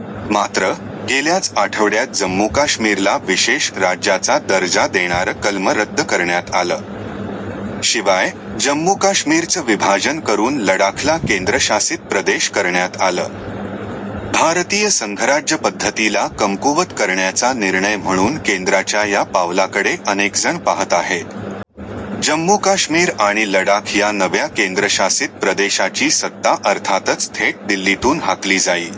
मात्र, गेल्याच आठवड्यात जम्मू-काश्मीरला विशेष राज्याचा दर्जा देणारं कलम रद्द करण्यात आलं. शिवाय, जम्मू-काश्मीरचं विभाजन करून लडाखला केंद्रशासित प्रदेश करण्यात आलं. भारतीय संघराज्य पद्धतीला कमकुवत करण्याचा निर्णय म्हणून केंद्राच्या या पावलाकडे अनेकजण पाहत आहेत. जम्मू-काश्मीर आणि लडाख या नव्या केंद्रशासित प्रदेशाची सत्ता अर्थातच थेट दिल्लीतून हाकली जाईल.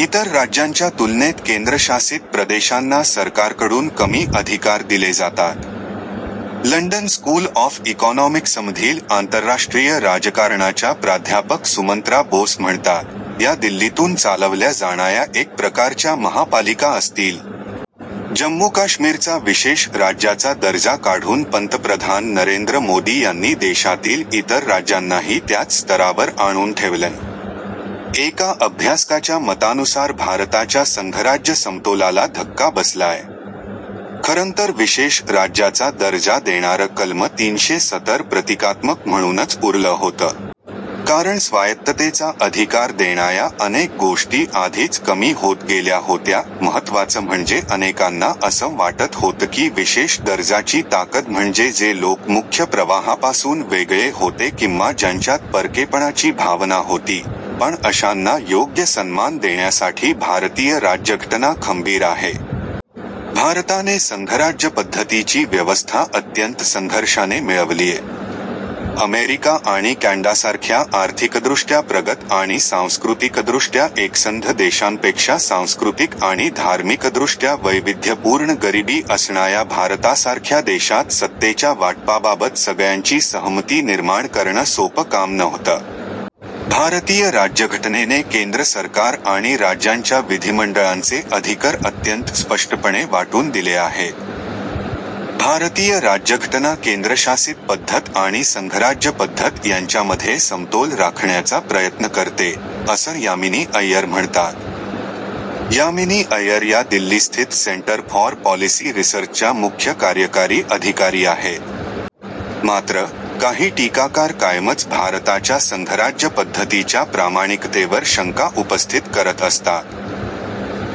इतर राज्यांच्या तुलनेत केंद्रशासित प्रदेशांना सरकारकडून कमी अधिकार दिले जातात. लंडन स्कूल ऑफ इकॉनॉमिक्समधील आंतरराष्ट्रीय राजकारणाच्या प्राध्यापक सुमंत्रा बोस म्हणतात, या दिल्लीतून चालवल्या जाणाऱ्या एक प्रकारच्या महापालिका असतील. जम्मू-काश्मीरचा विशेष राज्याचा दर्जा काढून पंतप्रधान नरेंद्र मोदी यांनी देशातील इतर राज्यांनाही त्याच स्तरावर आणून ठेवलंय. एका अभ्यासकाच्या मतानुसार भारताच्या संघराज्य समतोलाला धक्का बसलाय. खरंतर विशेष राज्याचा दर्जा देणारं कलम तीनशे सतर प्रतिकात्मक म्हणूनच उरलं होतं. कारण स्वायत्ततेचा अधिकार देणाऱ्या अनेक गोष्टी आधीच कमी होत गेल्या होत्या. महत्त्वाचं म्हणजे अनेकांना असं वाटत होतं की विशेष दर्जाची ताकद म्हणजे जे लोक मुख्य प्रवाहापासून वेगळे होते किंवा ज्यांच्यात परकेपणाची भावना होती, पण अशांना योग्य सन्मान देण्यासाठी भारतीय राज्यघटना खंबीर आहे. भारताने संघराज्य पद्धतीची व्यवस्था अत्यंत संघर्षाने मिळवलीय. अमेरिका आणि कॅनडासारख्या आर्थिकदृष्ट्या प्रगत आणि सांस्कृतिकदृष्ट्या एकसंध देशांपेक्षा सांस्कृतिक आणि धार्मिकदृष्ट्या वैविध्यपूर्ण गरिबी असणाऱ्या भारतासारख्या देशात सत्तेच्या वाटपाबाबत सगळ्यांची सहमती निर्माण करणं सोपं काम नव्हतं. भारतीय राज्यघटनेने केंद्र सरकार आणि राज्यांच्या विधिमंडळांचे अधिकर अत्यंत स्पष्टपणे वाटून दिले आहेत. भारतीय राज्यघटना केंद्रशासित पद्धत आणि संघराज्य पद्धत यांच्यामध्ये समतोल राखण्याचा प्रयत्न करते, असं यामिनी अय्यर म्हणतात. यामिनी अय्यर या दिल्लीस्थित सेंटर फॉर पॉलिसी रिसर्चच्या मुख्य कार्यकारी अधिकारी आहेत. मात्र, काही टीकाकार कायमच भारताच्या संघराज्य पद्धतीच्या प्रामाणिकतेवर शंका उपस्थित करत असतात.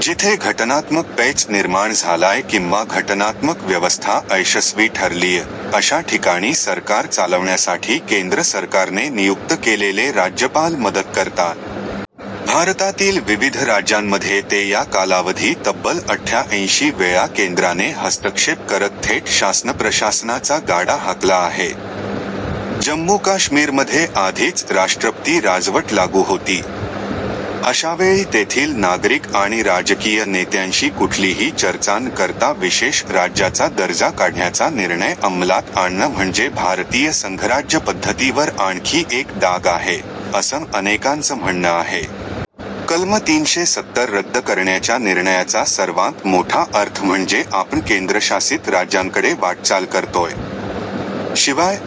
जिथे घटनात्मक पेच निर्माण झालाय किंवा घटनात्मक व्यवस्था अयशस्वी ठरलीय, अशा ठिकाणी सरकार चालवण्यासाठी केंद्र सरकारने नियुक्त केलेले राज्यपाल मदत करतात. भारतातील विविध राज्यांमध्ये ते या कालावधी तब्बल अठ्ठ्याऐंशी वेळा केंद्राने हस्तक्षेप करत थेट शासन-प्रशासनाचा गाडा हाकला आहे. जम्मू-काश्मीरमध्ये आधीच राष्ट्रपती राजवट लागू होती. अशावेळी तेथील नागरिक आणि राजकीय नेत्यांशी कुठलीही चर्चा न करता विशेष राज्याचा दर्जा काढण्याचा निर्णय अंमलात आणणं म्हणजे भारतीय संघराज्य पद्धतीवर आणखी एक डाग आहे, असं अनेकांचं म्हणणं आहे. कलम तीनशे सत्तर रद्द करण्याच्या निर्णयाचा सर्वांत मोठा अर्थ म्हणजे आपण केंद्रशासित राज्यांकडे वाटचाल करतोय. शिवाय